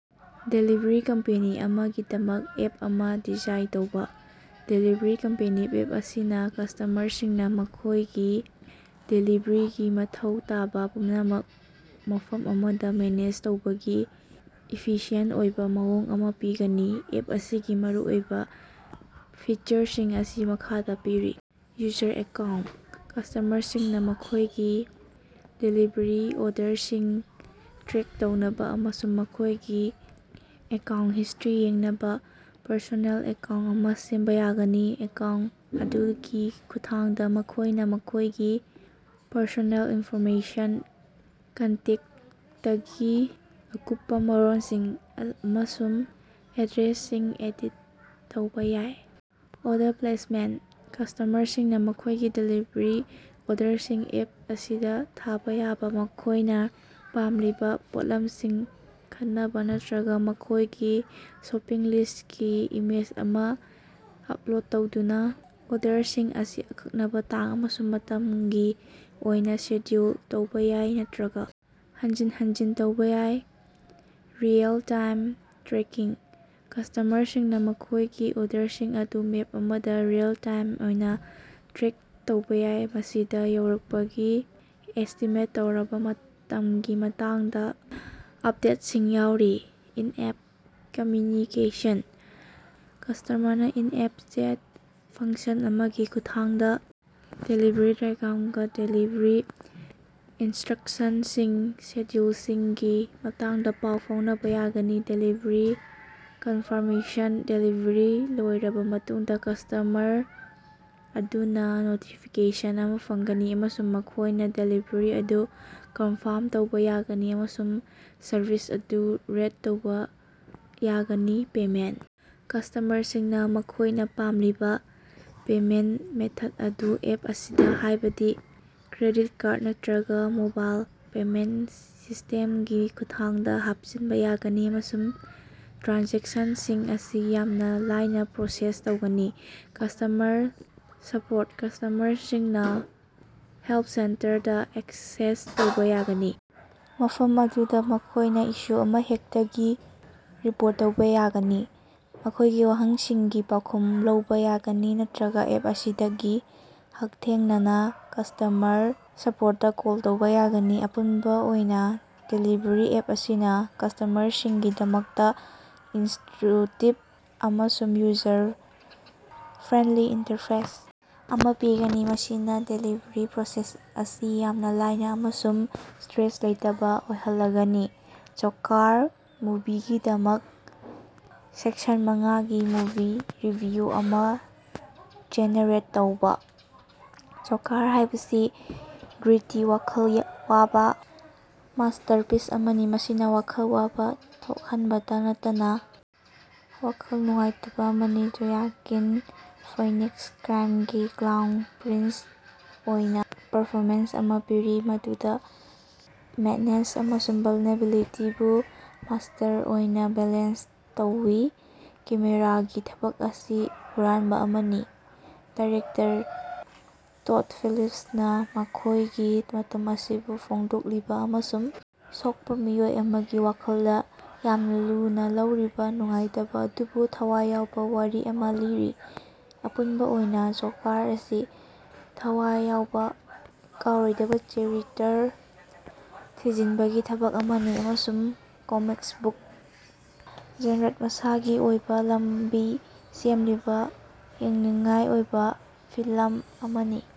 Delivery company ꯑꯃꯒꯤꯗꯃꯛ app ꯑꯃ design ꯇꯧꯕ꯫ ꯗꯦꯂꯤꯕꯔꯤ ꯀꯝꯄꯦꯅꯤ ꯑꯦꯞ ꯑꯁꯤꯅ ꯀꯁꯇꯃꯔꯁꯤꯡꯅ ꯃꯈꯣꯏꯒꯤ ꯗꯦꯂꯤꯕꯔꯤꯒꯤ ꯃꯊꯧ ꯇꯥꯕ ꯄꯨꯝꯅꯃꯛ ꯃꯐꯝ ꯑꯃꯗ ꯃꯦꯅꯦꯖ ꯇꯧꯕꯒꯤ ꯏꯐꯤꯁꯤꯌꯦꯟꯇ ꯑꯣꯏꯕ ꯃꯑꯣꯡ ꯑꯃ ꯄꯤꯒꯅꯤ꯫ ꯑꯦꯞ ꯑꯁꯤꯒꯤ ꯃꯔꯨꯑꯣꯏꯕ ꯐꯤꯆꯔꯁꯤꯡ ꯑꯁꯤ ꯃꯈꯥꯗ ꯄꯤꯔꯤ: ꯌꯨꯖꯔ ꯑꯦꯀꯥꯎꯟꯇ: ꯀꯁꯇꯃꯔꯁꯤꯡꯅ ꯃꯈꯣꯏꯒꯤ ꯗꯦꯂꯤꯚꯔꯤ ꯑꯣꯔꯗꯔꯁꯤꯡ ꯇ꯭ꯔꯦꯛ ꯇꯧꯅꯕ ꯑꯃꯁꯨꯡ ꯃꯈꯣꯏꯒꯤ ꯑꯦꯀꯥꯎꯟꯇ ꯍꯤꯁꯇ꯭ꯔꯤ ꯌꯦꯡꯅꯕ ꯄꯔꯁꯣꯅꯦꯜ ꯑꯦꯀꯥꯎꯟꯇ ꯑꯃ ꯁꯦꯝꯕ ꯌꯥꯒꯅꯤ꯫ ꯑꯦꯀꯥꯎꯟꯇ ꯑꯗꯨꯒꯤ ꯈꯨꯠꯊꯥꯡꯗ ꯃꯈꯣꯏꯅ ꯃꯈꯣꯏꯒꯤ ꯄꯔꯁꯣꯅꯦꯜ ꯏꯟꯐꯣꯔꯃꯦꯁꯟ, ꯀꯟꯇꯦꯛꯇꯀꯤ ꯑꯀꯨꯞꯄ ꯃꯔꯣꯜꯁꯤꯡ ꯑꯃꯁꯨꯡ ꯑꯦꯗ꯭ꯔꯦꯁꯁꯤꯡ ꯑꯦꯗꯤꯠ ꯇꯧꯕ ꯌꯥꯏ꯫ ꯑꯣꯔꯗꯔ ꯄ꯭ꯂꯦꯁꯃꯦꯟꯇ: ꯀꯁꯇꯃꯔꯁꯤꯡꯅ ꯃꯈꯣꯏꯒꯤ ꯗꯦꯂꯤꯕꯔꯤ ꯑꯣꯔꯗꯔꯁꯤꯡ ꯑꯦꯞ ꯑꯁꯤꯗ ꯊꯥꯕ ꯌꯥꯏ, ꯃꯈꯣꯏꯅ ꯄꯥꯝꯂꯤꯕ ꯄꯣꯠꯂꯝꯁꯤꯡ ꯈꯟꯅꯕ ꯅꯠꯇ꯭ꯔꯒ ꯃꯈꯣꯏꯒꯤ ꯁꯣꯄꯤꯡ ꯂꯤꯁ꯭ꯇꯀꯤ ꯏꯃꯦꯖ ꯑꯃ ꯑꯞꯂꯣꯗ ꯇꯧꯗꯨꯅ꯫ ꯑꯣꯔꯗꯔꯁꯤꯡ ꯑꯁꯤ ꯑꯀꯛꯅꯕ ꯇꯥꯡ ꯑꯃꯁꯨꯡ ꯃꯇꯝꯒꯤ ꯑꯣꯏꯅ ꯁꯦꯗ꯭ꯌꯨꯜ ꯇꯧꯕ ꯌꯥꯏ ꯅꯠꯇ꯭ꯔꯒ ꯍꯟꯖꯤꯟ ꯍꯟꯖꯤꯟ ꯇꯧꯕ ꯌꯥꯏ꯫ ꯔꯤꯑꯦꯜ-ꯇꯥꯏꯝ ꯇ꯭ꯔꯦꯀꯤꯡ: ꯀꯁꯇꯃꯔꯁꯤꯡꯅ ꯃꯈꯣꯏꯒꯤ ꯑꯣꯔꯗꯔꯁꯤꯡ ꯑꯗꯨ ꯃꯦꯞ ꯑꯃꯗ ꯔꯤꯑꯦꯜ-ꯇꯥꯏꯝ ꯑꯣꯏꯅ ꯇ꯭ꯔꯦꯛ ꯇꯧꯕ ꯌꯥꯏ, ꯃꯁꯤꯗ ꯌꯧꯔꯛꯄꯒꯤ ꯑꯦꯁꯇꯤꯃꯦꯠ ꯇꯧꯔꯕ ꯃꯇꯝꯒꯤ ꯃꯇꯥꯡꯗ ꯑꯞꯗꯦꯠꯁꯤꯡ ꯌꯥꯎꯔꯤ꯫ ꯏꯟ-ꯑꯦꯞ ꯀꯝꯃ꯭ꯌꯨꯅꯤꯀꯦꯁꯟ: ꯀꯁꯇꯃꯔꯅ ꯏꯟ-ꯑꯦꯞ ꯆꯦꯠ ꯐꯪꯁꯟ ꯑꯃꯒꯤ ꯈꯨꯠꯊꯥꯡꯗ ꯗꯦꯂꯤꯚꯔꯤ ꯗ꯭ꯔꯥꯏꯒꯥꯔꯝꯒ ꯗꯦꯂꯤꯚꯔꯤ ꯏꯟꯁꯇ‌꯭ꯔꯛꯁꯟꯁꯤꯡ, ꯁꯦꯗ꯭ꯌꯨꯜꯁꯤꯡꯒꯤ ꯃꯇꯥꯡꯗ ꯄꯥꯎ ꯐꯥꯎꯅꯕ ꯌꯥꯒꯅꯤ꯫ ꯗꯦꯂꯤꯚꯔꯤ ꯀꯟꯐꯥꯔꯃꯦꯁꯟ: ꯗꯦꯂꯤꯚꯔꯤ ꯂꯣꯏꯔꯕ ꯃꯇꯨꯡꯗ ꯀꯁꯇꯃꯔ ꯑꯗꯨꯅ ꯅꯣꯇꯤꯐꯤꯀꯦꯁꯟ ꯑꯃ ꯐꯪꯒꯅꯤ, ꯑꯃꯁꯨꯡ ꯃꯈꯣꯏꯅ ꯗꯦꯂꯤꯚꯔꯤ ꯑꯗꯨ ꯀꯟꯐꯥꯔꯝ ꯇꯧꯕ ꯌꯥꯒꯅꯤ ꯑꯃꯁꯨꯡ ꯁꯔꯚꯤꯁ ꯑꯗꯨ ꯔꯦꯠ ꯇꯧꯕ ꯌꯥꯒꯅꯤ꯫ ꯄꯦꯃꯦꯟꯇ: ꯀꯁꯇꯃꯔꯁꯤꯡꯅ ꯃꯈꯣꯏꯅ ꯄꯥꯝꯂꯤꯕ ꯄꯦꯃꯦꯟꯇ ꯃꯦꯊꯗ ꯑꯗꯨ ꯑꯦꯞ ꯑꯁꯤꯗ, ꯍꯥꯏꯕꯗꯤ ꯀ꯭ꯔꯦꯗꯤꯠ ꯀꯥꯔꯗ ꯅꯠꯇ꯭ꯔꯒ ꯃꯣꯕꯥꯏꯜ ꯄꯦꯃꯦꯟꯇ ꯁꯤꯁꯇꯦꯝꯒꯤ ꯈꯨꯠꯊꯥꯡꯗ ꯍꯥꯞꯆꯤꯟꯕ ꯌꯥꯒꯅꯤ ꯑꯃꯁꯨꯡ ꯇ꯭ꯔꯥꯟꯖꯦꯛꯁꯟꯁꯤꯡ ꯑꯁꯤ ꯌꯥꯝꯅ ꯂꯥꯏꯅ ꯄ꯭ꯔꯣꯁꯦꯁ ꯇꯧꯒꯅꯤ꯫ ꯀꯁꯇꯃꯔ ꯁꯄꯣꯔꯠ: ꯀꯁꯇꯃꯔꯁꯤꯡꯅ ꯍꯦꯜꯄ ꯁꯦꯟꯇꯔꯗ ꯑꯦꯛꯁꯦꯁ ꯇꯧꯕ ꯌꯥꯒꯅꯤ, ꯃꯐꯝ ꯑꯗꯨꯗ ꯃꯈꯣꯏꯅ ꯏꯁꯨ ꯑꯃꯍꯦꯛꯇꯒꯤ ꯔꯤꯄꯣꯔꯠ ꯇꯧꯕ ꯌꯥꯒꯅꯤ, ꯃꯈꯣꯏꯒꯤ ꯋꯥꯍꯪꯁꯤꯡꯒꯤ ꯄꯥꯎꯈꯨꯝ ꯂꯧꯕ ꯌꯥꯒꯅꯤ, ꯅꯠꯇ‌꯭ꯔꯒ ꯑꯦꯞ ꯑꯁꯤꯗꯒꯤ ꯍꯛꯊꯦꯡꯅꯅ ꯀꯁ꯭ꯇꯃꯔ ꯁꯄꯣꯔꯇꯇ ꯀꯣꯜ ꯇꯧꯕ ꯌꯥꯒꯅꯤ꯫ ꯑꯄꯨꯟꯕ ꯑꯣꯏꯅ, ꯗꯦꯂꯤꯕꯔꯤ ꯑꯦꯞ ꯑꯁꯤꯅ ꯀꯁꯇꯃꯔꯁꯤꯡꯒꯤꯗꯃꯛꯇ ꯏꯟꯇ꯭ꯌꯨꯏꯇꯤꯕ ꯑꯃꯁꯨꯡ ꯌꯨꯖꯔ ꯐ꯭ꯔꯦꯟꯗꯂꯤ ꯏꯟꯇꯔꯐꯦꯁ ꯑꯃ ꯄꯤꯒꯅꯤ, ꯃꯁꯤꯅ ꯗꯦꯂꯤꯕꯔꯤ ꯄ꯭ꯔꯣꯁꯦꯁ ꯑꯁꯤ ꯌꯥꯝꯅ ꯂꯥꯏꯅ ꯑꯃꯁꯨꯡ ꯁ꯭ꯇꯔꯦꯁ ꯂꯩꯇꯕ ꯑꯣꯏꯍꯜꯂꯒꯅꯤ꯫ "ꯖꯣꯀꯥꯔ" ꯃꯨꯚꯤꯒꯤꯗꯃꯛ ꯁꯦꯛꯁꯟ ꯃꯉꯥꯒꯤ ꯃꯨꯚꯤ ꯔꯤꯚꯤꯌꯨ ꯑꯃ ꯖꯦꯅꯦꯔꯦꯠ ꯇꯧꯕ꯫ "ꯖꯣꯀꯥꯔ" ꯍꯥꯏꯕꯁꯤ ꯒ꯭ꯔꯤꯇꯤ, ꯋꯥꯈꯜ ꯋꯥꯕ ꯃꯥꯁꯇꯔꯄꯤꯁ ꯑꯃꯅꯤ, ꯃꯁꯤꯅ ꯋꯥꯈꯜ ꯋꯥꯕ ꯊꯣꯛꯍꯟꯕꯇ ꯅꯠꯇꯅ ꯋꯥꯈꯜ ꯅꯨꯡꯉꯥꯏꯇꯕ ꯑꯃꯅꯤ꯫ ꯖꯣꯌꯥꯀꯤꯟ ꯐꯣꯏꯅꯤꯛꯁꯅ ꯀ꯭ꯔꯥꯏꯝꯒꯤ ꯀ꯭ꯂꯥꯎꯟ ꯄ꯭ꯔꯤꯟꯁ ꯑꯣꯏꯅ ꯄꯔꯐꯣꯃꯦꯟꯁ ꯑꯃ ꯄꯤꯔꯤ, ꯃꯗꯨꯗ ꯃꯦꯗꯅꯦꯁ ꯑꯃꯁꯨꯡ ꯚꯜꯅꯦꯔꯦꯕꯤꯂꯤꯇꯤꯕꯨ ꯃꯥꯁꯇꯔ ꯑꯣꯏꯅ ꯕꯦꯂꯦꯟꯁ ꯇꯧꯏ꯫ ꯀꯦꯃꯦꯔꯥꯒꯤ ꯊꯕꯛ ꯑꯁꯤ ꯍꯨꯔꯥꯟꯕ ꯑꯃꯅꯤ꯫ ꯗꯥꯏꯔꯦꯛꯇꯔ ꯇꯣꯗ ꯐꯤꯂꯤꯞꯁꯅ ꯑꯩꯈꯣꯏꯒꯤ ꯃꯇꯝ ꯑꯁꯤꯕꯨ ꯐꯣꯡꯗꯣꯛꯂꯤꯕ ꯑꯃꯁꯨꯡ ꯁꯣꯛꯄ ꯃꯤꯑꯣꯏ ꯑꯃꯒꯤ ꯋꯥꯈꯜꯗ ꯌꯥꯝꯅ ꯂꯨꯅ ꯂꯧꯔꯤꯕ ꯅꯨꯡꯉꯥꯏꯇꯕ ꯑꯗꯨꯕꯨ ꯊꯋꯥꯏ ꯌꯥꯎꯕ ꯋꯥꯔꯤ ꯑꯃ ꯂꯤꯔꯤ꯫ ꯑꯄꯨꯟꯕ ꯑꯣꯏꯅ "ꯖꯣꯀꯥꯔ" ꯑꯁꯤ ꯊꯋꯥꯏ ꯌꯥꯎꯕ, ꯀꯥꯎꯔꯣꯏꯗꯕ ꯆꯔꯤꯇ꯭ꯔ ꯊꯤꯖꯤꯟꯕꯒꯤ ꯊꯕꯛ ꯑꯃꯅꯤ ꯑꯃꯁꯨꯡ ꯀꯣꯃꯤꯛꯁ ꯕꯨꯛ ꯖꯦꯟꯔꯗ ꯃꯁꯥꯒꯤ ꯑꯣꯏꯕ ꯂꯝꯕꯤ ꯁꯦꯝꯂꯤꯕ ꯌꯦꯡꯅꯤꯡꯉꯥꯏ ꯑꯣꯏꯕ ꯐꯤꯂꯝ ꯑꯃꯅꯤ꯫